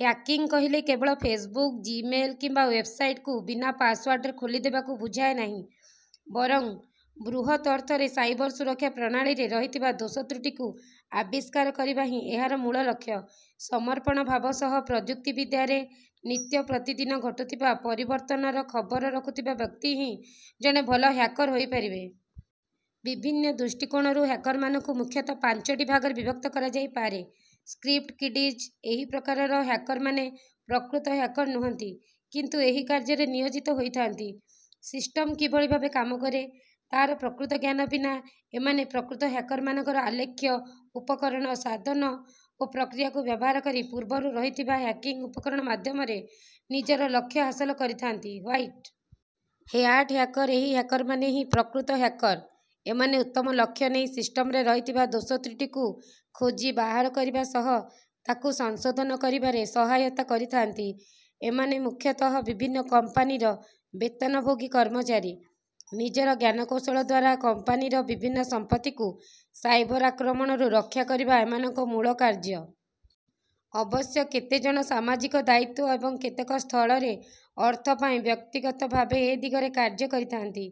Hacking କହିଲେ କେବଳ Facebook, Gmail କିମ୍ବା ୱେବସାଇଟ୍‌କୁ ବିନା ପାସୱାର୍ଡରେ ଖୋଲିଦେବାକୁ ବୁଝାଏ ନାହିଁ, ବରଂ ବୃହତ୍ ଅର୍ଥରେ ସାଇବର ସୁରକ୍ଷା ପ୍ରଣାଳୀରେ ରହିଥିବା ଦୋଷତ୍ରୁଟିକୁ ଆବିଷ୍କାର କରିବା ହିଁ ଏହାର ମୂଳ ଲକ୍ଷ୍ୟ। ସମର୍ପଣ ଭାବ ସହ ପ୍ରଯୁକ୍ତିବିଦ୍ୟାରେ ନିତ୍ୟପ୍ରତିଦିନ ଘଟୁଥିବା ପରିବର୍ତ୍ତନର ଖବର ରଖୁଥିବା ବ୍ୟକ୍ତି ହିଁ ଜଣେ ଭଲ ହ୍ୟାକର ହୋଇପାରିବେ। ବିଭିନ୍ନ ଦୃଷ୍ଟିକୋଣରୁ ହ୍ୟାକରମାନଙ୍କୁ ମୁଖ୍ୟତଃ ପାଞ୍ଚଟି ଭାଗରେ ବିଭକ୍ତ କରାଯାଇପାରେ। ସ୍କ୍ରିପ୍ଟ କିଡିଜ୍ ଏହି ପ୍ରକାରର ହ୍ୟାକରମାନେ ପ୍ରକୃତ ହ୍ୟାକର ନୁହନ୍ତି, କିନ୍ତୁ ଏହି କାର୍ଯ୍ୟରେ ନିୟୋଜିତ ହୋଇଥାନ୍ତି। ସିଷ୍ଟମ୍ କିଭଳି ଭାବେ କାମ କରେ, ତା'ର ପ୍ରକୃତ ଜ୍ଞାନ ବିନା ଏମାନେ ପ୍ରକୃତ ହ୍ୟାକରମାନଙ୍କର ଆଲେଖ୍ୟ, ଉପକରଣ, ସାଧନ ଓ ପ୍ରକ୍ରିୟାକୁ ବ୍ୟବହାର କରି ପୂର୍ବରୁ ରହିଥିବା ହ୍ୟାକିଂ ଉପକରଣ ମାଧ୍ୟମରେ ନିଜର ଲକ୍ଷ୍ୟ ହାସଲ କରିଥାନ୍ତି। ହ୍ୱାଇଟ୍ ହ୍ୟାଟ୍ ହ୍ୟାକର ଏହି ହ୍ୟାକରମାନେ ହିଁ ପ୍ରକୃତ ହ୍ୟାକର। ଏମାନେ ଉତ୍ତମ ଲକ୍ଷ୍ୟ ନେଇ ସିଷ୍ଟମରେ ରହିଥିବା ଦୋଷତ୍ରୁଟିକୁ ଖୋଜି ବାହାର କରିବା ସହ ତାକୁ ସଂଶୋଧନ କରିବାରେ ସହାୟତା କରିଥାନ୍ତି। ଏମାନେ ମୁଖ୍ୟତଃ ବିଭିନ୍ନ କମ୍ପାନୀର ବେତନଭୋଗୀ କର୍ମଚାରୀ। ନିଜର ଜ୍ଞାନକୌଶଳ ଦ୍ୱାରା କମ୍ପାନୀର ବିଭିନ୍ନ ସମ୍ପତ୍ତିକୁ ସାଇବର ଆକ୍ରମଣରୁ ରକ୍ଷା କରିବା ଏମାନଙ୍କ ମୂଳ କାର୍ଯ୍ୟ। ଅବଶ୍ୟ କେତେଜଣ ସାମାଜିକ ଦାୟିତ୍ୱ ଏବଂ କେତେକ ସ୍ଥଳରେ ଅର୍ଥ ପାଇଁ ବ୍ୟକ୍ତିଗତ ଭାବେ ଏ ଦିଗରେ କାର୍ଯ୍ୟ କରିଥାନ୍ତି।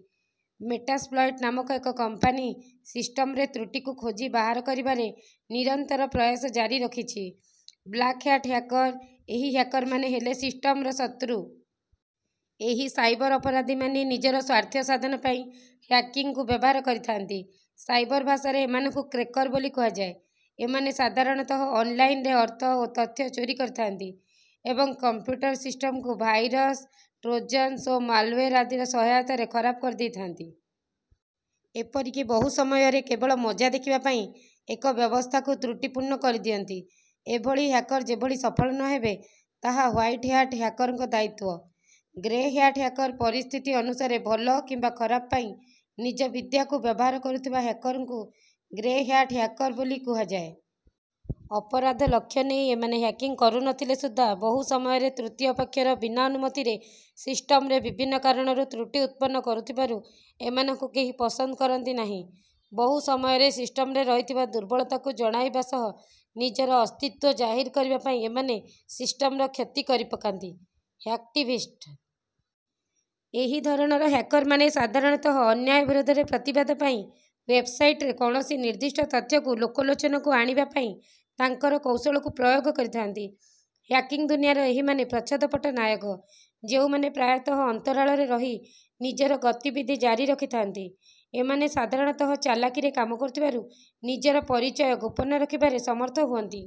ମେଟାସ୍ପ୍ଲଏଟ୍ ନାମକ ଏକ କମ୍ପାନୀ ସିଷ୍ଟମରେ ତ୍ରୁଟିକୁ ଖୋଜି ବାହାର କରିବାରେ ନିରନ୍ତର ପ୍ରୟାସ ଜାରି ରଖିଛି। ବ୍ଲାକ୍ ହ୍ୟାଟ୍ ହ୍ୟାକର ଏହି ହ୍ୟାକରମାନେ ହେଲେ ସିଷ୍ଟମର ଶତ୍ରୁ। ଏହି ସାଇବର ଅପରାଧୀମାନେ ନିଜର ସ୍ୱାର୍ଥ ସାଧନ ପାଇଁ ହ୍ୟାକିଂକୁ ବ୍ୟବହାର କରିଥାନ୍ତି। ସାଇବର ଭାଷାରେ ଏମାନଙ୍କୁ କ୍ରେକର ବୋଲି କୁହାଯାଏ। ଏମାନେ ସାଧାରଣତଃ ଅନଲାଇନରେ ଅର୍ଥ ଓ ତଥ୍ୟ ଚୋରି କରିଥାନ୍ତି ଏବଂ କମ୍ପୁଟର ସିଷ୍ଟମକୁ ଭାଇରସ୍, ଟ୍ରୋଜନ୍ସ ଓ ମାଲୱେର୍ ଆଦିର ସହାୟତାରେ ଖରାପ କରିଦେଇଥାନ୍ତି। ଏପରିକି ବହୁ ସମୟରେ କେବଳ ମଜା ଦେଖିବା ପାଇଁ ଏକ ବ୍ୟବସ୍ଥାକୁ ତ୍ରୁଟିପୂର୍ଣ୍ଣ କରିଦିଅନ୍ତି। ଏଭଳି ହ୍ୟାକର ଯେଭଳି ସଫଳ ନ ହେବେ, ତାହା ହ୍ୱାଇଟ୍ ହ୍ୟାଟ୍ ହ୍ୟାକରଙ୍କ ଦାୟିତ୍ୱ। ଗ୍ରେ ହ୍ୟାଟ୍ ହ୍ୟାକର ପରିସ୍ଥିତି ଅନୁସାରେ ଭଲ କିମ୍ବା ଖରାପ ପାଇଁ ନିଜ ବିଦ୍ୟାକୁ ବ୍ୟବହାର କରୁଥିବା ହ୍ୟାକରଙ୍କୁ ଗ୍ରେ ହ୍ୟାଟ୍ ହ୍ୟାକର ବୋଲି କୁହାଯାଏ। ଅପରାଧ ଲକ୍ଷ୍ୟ ନେଇ ଏମାନେ ହ୍ୟାକିଂ କରୁ ନ ଥିଲେ ସୁଦ୍ଧା, ବହୁ ସମୟରେ ତୃତୀୟ ପକ୍ଷର ବିନା ଅନୁମତିରେ ସିଷ୍ଟମରେ ବିଭିନ୍ନ କାରଣରୁ ତ୍ରୁଟି ଉତ୍ପନ୍ନ କରୁଥିବାରୁ ଏମାନଙ୍କୁ କେହି ପସନ୍ଦ କରନ୍ତି ନାହିଁ। ବହୁ ସମୟରେ ସିଷ୍ଟମରେ ରହିଥିବା ଦୁର୍ବଳତାକୁ ଜଣାଇବା ସହ ନିଜର ଅସ୍ତିତ୍ୱ ଜାହିର କରିବା ପାଇଁ ଏମାନେ ସିଷ୍ଟମର କ୍ଷତି କରିପକାନ୍ତି। ହ୍ୟାକ୍ଟିଭିଷ୍ଟ ଏହି ଧରଣର ହ୍ୟାକରମାନେ ସାଧାରଣତଃ ଅନ୍ୟାୟ ବିରୋଧରେ ପ୍ରତିବାଦ ପାଇଁ ୱେବସାଇଟରେ କୌଣସି ନିର୍ଦ୍ଦିଷ୍ଟ ତଥ୍ୟକୁ ଲୋକଲୋଚନକୁ ଆଣିବା ପାଇଁ ତାଙ୍କର କୌଶଳକୁ ପ୍ରୟୋଗ କରିଥାନ୍ତି। ହ୍ୟାକିଂ ଦୁନିଆର ଏହିମାନେ ପ୍ରଚ୍ଛଦପଟ୍ଟ ନାୟକ, ଯେଉଁମାନେ ପ୍ରାୟତଃ ଅନ୍ତରାଳରେ ରହି ନିଜର ଗତିବିଧି ଜାରି ରଖିଥାନ୍ତି। ଏମାନେ ସାଧାରଣତଃ ଚାଲାକିରେ କାମ କରୁଥିବାରୁ ନିଜର ପରିଚୟ ଗୋପନ ରଖିବାରେ ସମର୍ଥ ହୁଅନ୍ତି।